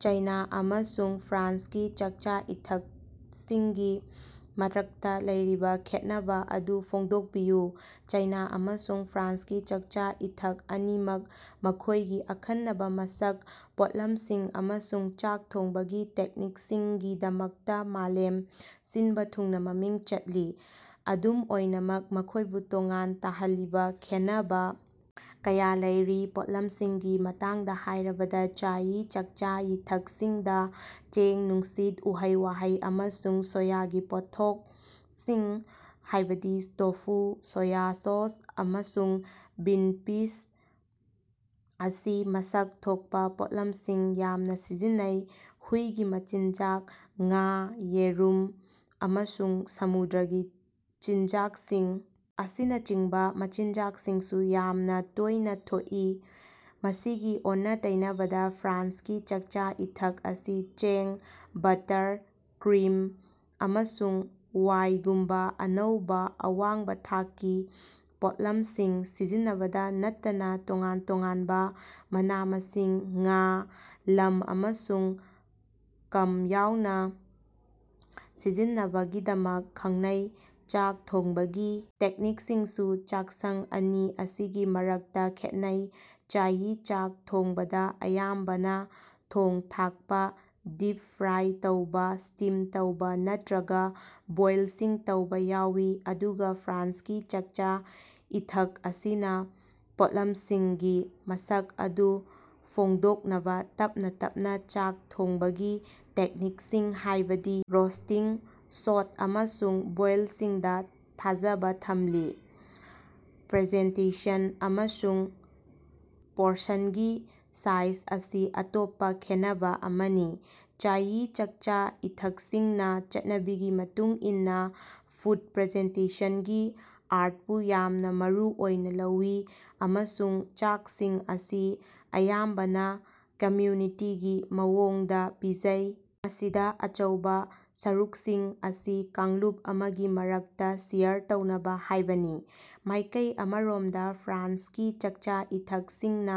ꯆꯥꯏꯅ ꯑꯃꯁꯨꯡ ꯐ꯭ꯔꯥꯟꯁꯀꯤ ꯆꯥꯛꯆꯥ-ꯏꯊꯛꯁꯤꯡꯒꯤ ꯃꯔꯛꯇꯥ ꯂꯩꯔꯤꯕ ꯈꯦꯠꯅꯕ ꯑꯗꯨ ꯐꯣꯡꯗꯣꯛꯄꯤꯌꯨ꯫ ꯆꯥꯏꯅ ꯑꯃꯁꯨꯡ ꯐ꯭ꯔꯥꯟꯁꯀꯤ ꯆꯥꯛꯆꯥ-ꯏꯊꯛ ꯑꯅꯤꯃꯛ ꯃꯈꯣꯏꯒꯤ ꯑꯈꯟꯅꯕꯥ ꯃꯁꯛ, ꯄꯣꯠꯂꯝꯁꯤꯡ ꯑꯃꯁꯨꯡ ꯆꯥꯛ ꯊꯣꯡꯕꯒꯤ ꯇꯦꯛꯅꯤꯛꯁꯤꯡꯒꯤꯗꯃꯛꯇꯥ ꯃꯥꯂꯦꯝ ꯁꯤꯟꯕ ꯊꯨꯡꯅ ꯃꯃꯤꯡ ꯆꯠꯂꯤ꯫ ꯑꯗꯨꯝ ꯑꯣꯏꯅꯃꯛ ꯃꯈꯣꯏꯕꯨ ꯇꯣꯉꯥꯟꯅ ꯇꯥꯍꯜꯂꯤꯕ ꯈꯦꯟꯅꯕ ꯀꯌꯥ ꯂꯩꯔꯤ꯫ ꯄꯣꯠꯂꯝꯁꯤꯡꯒꯤ ꯃꯇꯥꯡꯗ ꯍꯥꯏꯔꯕꯗ, ꯆꯥꯏꯉꯤ ꯆꯥꯛꯆꯥ-ꯏꯊꯛꯁꯤꯡꯗꯥ ꯆꯦꯡ, ꯅꯨꯡꯁꯤꯠ, ꯎꯍꯩ-ꯋꯍꯩ, ꯑꯃꯁꯨꯡ ꯁꯣꯌꯒꯤ ꯄꯣꯠꯊꯣꯛꯁꯤꯡ ꯍꯥꯏꯕꯗꯤ ꯇꯣꯐꯨ, ꯁꯣꯌ ꯁꯣꯁ ꯑꯃꯁꯨꯡ ꯕꯤꯟ ꯄꯤꯁ ꯑꯁꯤ ꯃꯁꯛ ꯊꯣꯛꯄꯥ ꯄꯣꯠꯂꯝꯁꯤꯡ ꯌꯥꯝꯅ ꯁꯤꯖꯤꯟꯅꯩ꯫ ꯍꯨꯏꯒꯤ ꯃꯆꯤꯟꯖꯥꯛ, ꯉꯥ, ꯌꯦꯔꯨꯝ, ꯑꯃꯁꯨꯡ ꯁꯃꯨꯗ꯭ꯔꯒꯤ ꯆꯤꯟꯖꯥꯛꯁꯤꯡ ꯑꯁꯤꯅꯆꯤꯡꯕ ꯃꯆꯤꯟꯖꯥꯛꯁꯤꯡꯁꯨ ꯌꯥꯝꯅ ꯇꯣꯏꯅ ꯊꯣꯛꯏ꯫ ꯃꯁꯤꯒꯤ ꯑꯣꯟꯅ-ꯇꯩꯅꯕꯗ, ꯐ꯭ꯔꯥꯟꯁꯀꯤ ꯆꯥꯛꯆꯥ-ꯏꯊꯛ ꯑꯁꯤ ꯆꯦꯡ, ꯕꯠꯇꯔ, ꯀ꯭ꯔꯤꯝ, ꯑꯃꯁꯨꯡ ꯋꯥꯏꯉꯨꯝꯕ ꯑꯅꯧꯕ, ꯑꯋꯥꯡꯕ ꯊꯥꯛꯀꯤ ꯄꯣꯠꯂꯝꯁꯤꯡ ꯁꯤꯖꯤꯟꯅꯕꯇ ꯅꯠꯇꯅ ꯇꯣꯉꯥꯟ ꯇꯣꯉꯥꯟꯕ ꯃꯅꯥ-ꯃꯁꯤꯡ, ꯉꯥ, ꯂꯝ, ꯑꯃꯁꯨꯡ ꯒꯝ ꯌꯥꯎꯅ ꯁꯤꯖꯤꯟꯅꯕꯒꯤꯗꯃꯛ ꯈꯪꯅꯩ꯫ ꯆꯥꯛ ꯊꯣꯡꯕꯒꯤ ꯇꯦꯛꯅꯤꯛꯁꯤꯡꯁꯨ ꯆꯥꯛꯁꯪ ꯑꯅꯤ ꯑꯁꯤꯒꯤ ꯃꯔꯛꯇꯥ ꯈꯦꯠꯅꯩ꯫ ꯆꯥꯏꯉꯤ ꯆꯥꯛ ꯊꯣꯡꯕꯗ ꯑꯌꯥꯝꯕꯅ ꯊꯣꯡ-ꯊꯥꯛꯄ, ꯗꯤꯞ-ꯐ꯭ꯔꯥꯏ ꯇꯧꯕ, ꯁ꯭ꯇꯤꯝ ꯇꯧꯕ ꯅꯠꯇ꯭ꯔꯒꯥ ꯕꯣꯏꯜꯁꯤꯡ ꯇꯧꯕ ꯌꯥꯎꯋꯤ, ꯑꯗꯨꯒ ꯐ꯭ꯔꯥꯟꯁꯀꯤ ꯆꯥꯛꯆꯥ-ꯏꯊꯛ ꯑꯁꯤꯅ ꯄꯣꯠꯂꯝꯁꯤꯡꯒꯤ ꯃꯁꯛ ꯑꯗꯨ ꯐꯣꯡꯗꯣꯛꯅꯕ ꯇꯞꯅ ꯇꯞꯅ ꯆꯥꯛ ꯊꯣꯡꯕꯒꯤ ꯇꯦꯛꯅꯤꯛꯁꯤꯡ, ꯍꯥꯏꯕꯗꯤ ꯔꯣꯁꯇꯤꯡ, ꯁꯣꯠ ꯑꯃꯁꯨꯡ ꯕꯣꯏꯜꯁꯤꯡꯗ ꯊꯥꯖꯕ ꯊꯝꯂꯤ꯫ ꯄ꯭ꯔꯖꯦꯟꯇꯦꯁꯟ ꯑꯃꯁꯨꯡ ꯄꯣꯔꯁꯟꯒꯤ ꯁꯥꯏꯖ ꯑꯁꯤ ꯑꯇꯣꯞꯄ ꯈꯦꯠꯅꯕ ꯑꯃꯅꯤ꯫ ꯆꯥꯏꯉꯤ ꯆꯥꯛꯆꯥ-ꯏꯊꯛꯁꯤꯡꯅꯥ ꯆꯠꯅꯕꯤꯒꯤ ꯃꯇꯨꯡ ꯏꯟꯅꯥ ꯐꯨꯗ ꯄ꯭ꯔꯖꯦꯟꯇꯦꯁꯟꯒꯤ ꯑꯥꯔꯇꯄꯨ ꯌꯥꯝꯅ ꯃꯔꯨ ꯑꯣꯏꯅ ꯂꯧꯏ ꯑꯃꯁꯨꯡ ꯆꯥꯛꯁꯤꯡ ꯑꯁꯤ ꯑꯌꯥꯝꯕꯅ ꯀꯝꯌꯨꯅꯤꯇꯤꯒꯤ ꯃꯑꯣꯡꯗ ꯄꯤꯖꯩ, ꯃꯁꯤꯗ ꯑꯆꯧꯕ ꯁꯔꯨꯛꯁꯤꯡ ꯑꯁꯤ ꯀꯥꯡꯂꯨꯞ ꯑꯃꯒꯤ ꯃꯔꯛꯇ ꯁꯤꯌꯔ ꯇꯧꯅꯕ ꯍꯥꯏꯕꯅꯤ꯫ ꯃꯥꯏꯀꯩ ꯑꯃꯔꯣꯝꯗꯥ ꯐ꯭ꯔꯥꯟꯁꯀꯤ ꯆꯥꯛꯆꯥ-ꯏꯊꯛꯁꯤꯡꯅ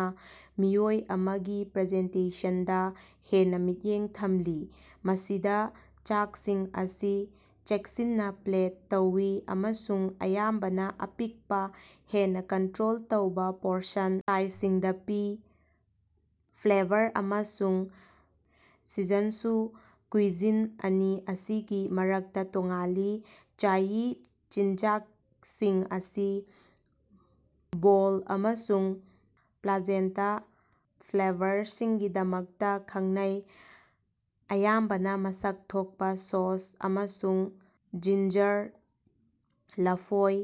ꯃꯤꯑꯣꯏ ꯑꯃꯒꯤ ꯄꯔꯖꯦꯟꯇꯦꯁꯟꯗ ꯍꯦꯟꯅ ꯃꯤꯠꯌꯦꯡ ꯊꯝꯂꯤ, ꯃꯁꯤꯗ ꯆꯥꯛꯁꯤꯡ ꯑꯁꯤ ꯆꯦꯛꯁꯤꯟꯅ ꯄ꯭ꯂꯦꯠ ꯇꯧꯏ ꯑꯃꯁꯨꯡ ꯑꯌꯥꯝꯕꯅ ꯑꯄꯤꯛꯄ, ꯍꯦꯟꯅ ꯀꯟꯇ꯭ꯔꯣꯜ ꯇꯧꯕ ꯄꯣꯔꯁꯟ ꯁꯥꯏꯖꯁꯤꯡꯗ ꯄꯤ꯫ ꯐ꯭ꯂꯦꯕꯔ ꯑꯃꯁꯨꯡ ꯁꯤꯖꯅꯁꯨ ꯀꯨꯏꯖꯤꯟ ꯑꯅꯤ ꯑꯁꯤꯒꯤ ꯃꯔꯛꯇ ꯇꯣꯉꯥꯜꯂꯤ꯫ ꯆꯥꯏꯉꯤ ꯆꯤꯟꯖꯥꯛꯁꯤꯡ ꯑꯁꯤ ꯕꯣꯜꯗ ꯑꯃꯁꯨꯡ ꯄ꯭ꯂꯥꯖꯦꯟꯇꯥ ꯐ꯭ꯂꯦꯕꯔꯁꯤꯡꯒꯤꯗꯃꯛꯇ ꯈꯪꯅꯩ, ꯑꯌꯥꯝꯕꯅ ꯃꯁꯛ ꯊꯣꯛꯄꯥ, ꯁꯣꯁ, ꯑꯃꯁꯨꯡ ꯖꯤꯟꯖꯥꯔ, ꯂꯐꯣꯏ,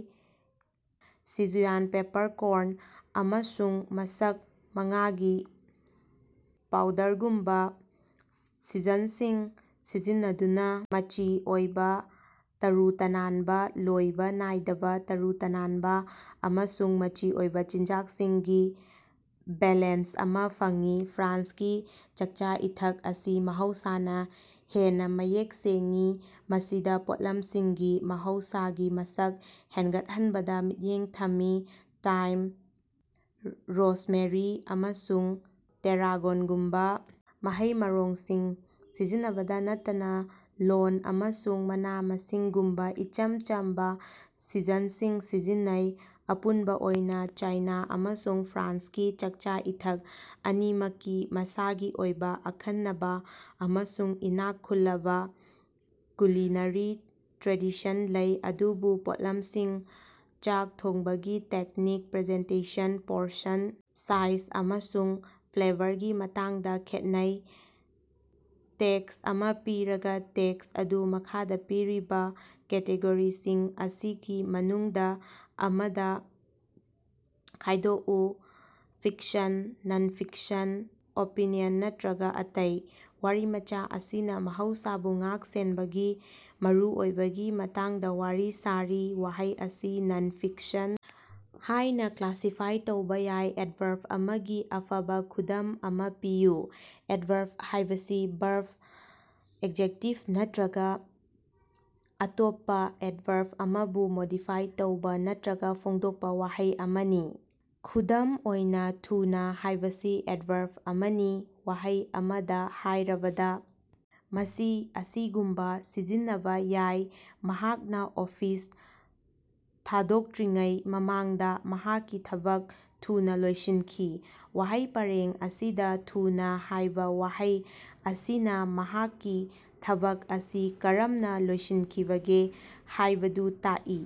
ꯁꯤꯆꯨꯌꯥꯟ ꯄꯦꯄꯔꯀꯣꯔꯟ, ꯑꯃꯁꯨꯡ ꯃꯁꯛ ꯃꯉꯥꯒꯤ ꯄꯥꯎꯗꯔꯒꯨꯝꯕ ꯁꯤꯖꯟꯁꯤꯡ ꯁꯤꯖꯤꯟꯅꯗꯨꯅ ꯃꯆꯤ ꯑꯣꯏꯕ, ꯇꯔꯨ ꯇꯅꯥꯟꯕ, ꯂꯣꯏꯕ ꯅꯥꯏꯗꯕ, ꯇꯔꯨ ꯇꯅꯥꯟꯕ ꯑꯃꯁꯨꯡ ꯃꯆꯤ ꯑꯣꯏꯕ ꯆꯤꯟꯖꯥꯛꯁꯤꯡꯒꯤ ꯕꯦꯂꯦꯟꯁ ꯑꯃ ꯐꯪꯏ꯫ ꯐ꯭ꯔꯥꯟꯁꯀꯤ ꯆꯥꯛꯆꯥ-ꯏꯊꯛ ꯑꯁꯤ ꯃꯍꯧꯁꯥꯅ ꯍꯦꯟꯅ ꯃꯌꯦꯛ ꯁꯦꯡꯏ, ꯃꯁꯤꯗ ꯄꯣꯠꯂꯝꯁꯤꯡꯒꯤ ꯃꯍꯧꯁꯥꯒꯤ ꯃꯁꯛꯁꯤꯡ ꯍꯦꯟꯒꯠꯍꯟꯕꯗ ꯃꯤꯠꯌꯦꯡ ꯊꯝꯃꯤ, ꯇꯥꯏꯝ, ꯔꯣꯁꯃꯦꯔꯤ, ꯑꯃꯁꯨꯡ ꯇꯦꯔꯥꯒꯣꯟꯒꯨꯝꯕ ꯃꯍꯩ-ꯃꯔꯣꯡꯁꯤꯡ ꯁꯤꯖꯤꯟꯅꯕꯇ ꯅꯠꯇꯅ ꯂꯣꯟ ꯑꯃꯁꯨꯡ ꯃꯅꯥ-ꯃꯁꯤꯡꯒꯨꯝꯕꯥ ꯏꯆꯝ ꯆꯝꯕ ꯁꯤꯖꯟꯁꯤꯡ ꯁꯤꯖꯤꯟꯅꯩ꯫ ꯑꯄꯨꯟꯕ ꯑꯣꯏꯅ ꯆꯥꯏꯅ ꯑꯃꯁꯨꯡ ꯐ꯭ꯔꯥꯟꯁꯀꯤ ꯆꯥꯛꯆꯥ-ꯏꯊꯛ ꯑꯅꯤꯃꯛꯀꯤ ꯃꯁꯥꯒꯤ ꯑꯣꯏꯕ ꯑꯈꯟꯅꯕ ꯑꯃꯁꯨꯡ ꯏꯅꯥꯛ ꯈꯨꯜꯂꯕ ꯀꯨꯂꯤꯅꯔꯤ ꯇ꯭ꯔꯦꯗꯤꯁꯟ ꯂꯩ, ꯑꯗꯨꯕꯨ ꯄꯣꯠꯂꯝꯁꯤꯡ, ꯆꯥꯛ ꯊꯣꯡꯕꯒꯤ ꯇꯦꯛꯅꯤꯛ, ꯄꯔꯖꯦꯟꯇꯦꯁꯟ, ꯄꯣꯔꯁꯟ ꯁꯥꯏꯖ ꯑꯃꯁꯨꯡ ꯐ꯭ꯂꯦꯕꯔꯒꯤ ꯃꯇꯥꯡꯗ ꯈꯦꯠꯅꯩ꯫ ꯇꯦꯛꯁ ꯑꯃ ꯄꯤꯔꯒ, ꯇꯦꯛꯁ ꯑꯗꯨ ꯃꯈꯥꯗ ꯄꯤꯔꯤꯕ ꯀꯦꯇꯦꯒꯣꯔꯤꯁꯤꯡ ꯑꯁꯤꯒꯤ ꯃꯅꯨꯡꯗ ꯑꯃꯗ ꯈꯥꯏꯗꯣꯛꯎ: ꯐꯤꯛꯁꯟ, ꯅꯟ-ꯐꯤꯛꯁꯟ, ꯑꯣꯄꯤꯅꯤꯌꯟ ꯅꯠꯇ꯭ꯔꯒ ꯑꯇꯩ꯫ ꯋꯔꯤꯃꯆꯥ ꯑꯁꯤꯅ ꯃꯍꯧꯁꯥꯕꯨ ꯉꯥꯛ-ꯁꯦꯟꯕꯒꯤ ꯃꯔꯨꯑꯣꯏꯕꯒꯤ ꯃꯇꯥꯡꯗ ꯋꯔꯤ ꯁꯥꯔꯤ꯫ ꯋꯍꯩ ꯑꯁꯤ "ꯅꯟ-ꯐꯤꯛꯁꯟ" ꯍꯥꯏꯅ ꯀ꯭ꯂꯥꯁꯤꯐꯥꯏ ꯇꯧꯕ ꯌꯥꯏ꯫ ꯑꯦꯗꯚꯔꯕ ꯑꯃꯒꯤ ꯑꯐꯕꯥ ꯈꯨꯗꯝ ꯑꯃꯥ ꯄꯤꯌꯨ꯫ ꯑꯦꯗꯚꯔꯕ ꯍꯥꯏꯕꯁꯤ ꯕꯔꯕ, ꯑꯦꯖꯦꯛꯇꯤꯚ ꯅꯠꯇ꯭ꯔꯒ ꯑꯇꯣꯞꯄ ꯑꯦꯗꯚꯔꯕ ꯑꯃꯕꯨ ꯃꯣꯗꯤꯐꯥꯏ ꯇꯧꯕ ꯅꯠꯇ꯭ꯔꯒ ꯐꯣꯡꯗꯣꯛꯄ ꯋꯍꯩ ꯑꯃꯅꯤ꯫ ꯈꯨꯗꯝ ꯑꯣꯏꯅꯥ, "ꯊꯨꯅꯥ" ꯍꯥꯏꯕꯁꯤ ꯑꯦꯗꯚꯔꯕ ꯑꯃꯅꯤ꯫ ꯋꯍꯩ ꯑꯃꯗ ꯍꯥꯏꯔꯕꯗ, ꯃꯁꯤ ꯑꯁꯤꯒꯨꯝꯕ ꯁꯤꯖꯤꯟꯅꯕ ꯌꯥꯏ: "ꯃꯍꯥꯛꯅ ꯑꯣꯐꯤꯁ ꯊꯗꯣꯛꯇ꯭ꯔꯤꯉꯩ ꯃꯃꯥꯡꯗ ꯃꯍꯥꯛꯀꯤ ꯊꯕꯛ ꯊꯨꯅ ꯂꯣꯏꯁꯤꯟꯈꯤ꯫" ꯋꯍꯩ ꯄꯔꯦꯡ ꯑꯁꯤꯗ "ꯊꯨꯅ" ꯍꯥꯏꯕ ꯋꯍꯩ ꯑꯁꯤꯅ ꯃꯍꯥꯛꯀꯤ ꯊꯕꯛ ꯑꯁꯤ ꯀꯔꯝꯅ ꯂꯣꯏꯁꯤꯠꯈꯤꯕꯒꯦ ꯍꯥꯏꯕꯗꯨ ꯇꯥꯛꯏ꯫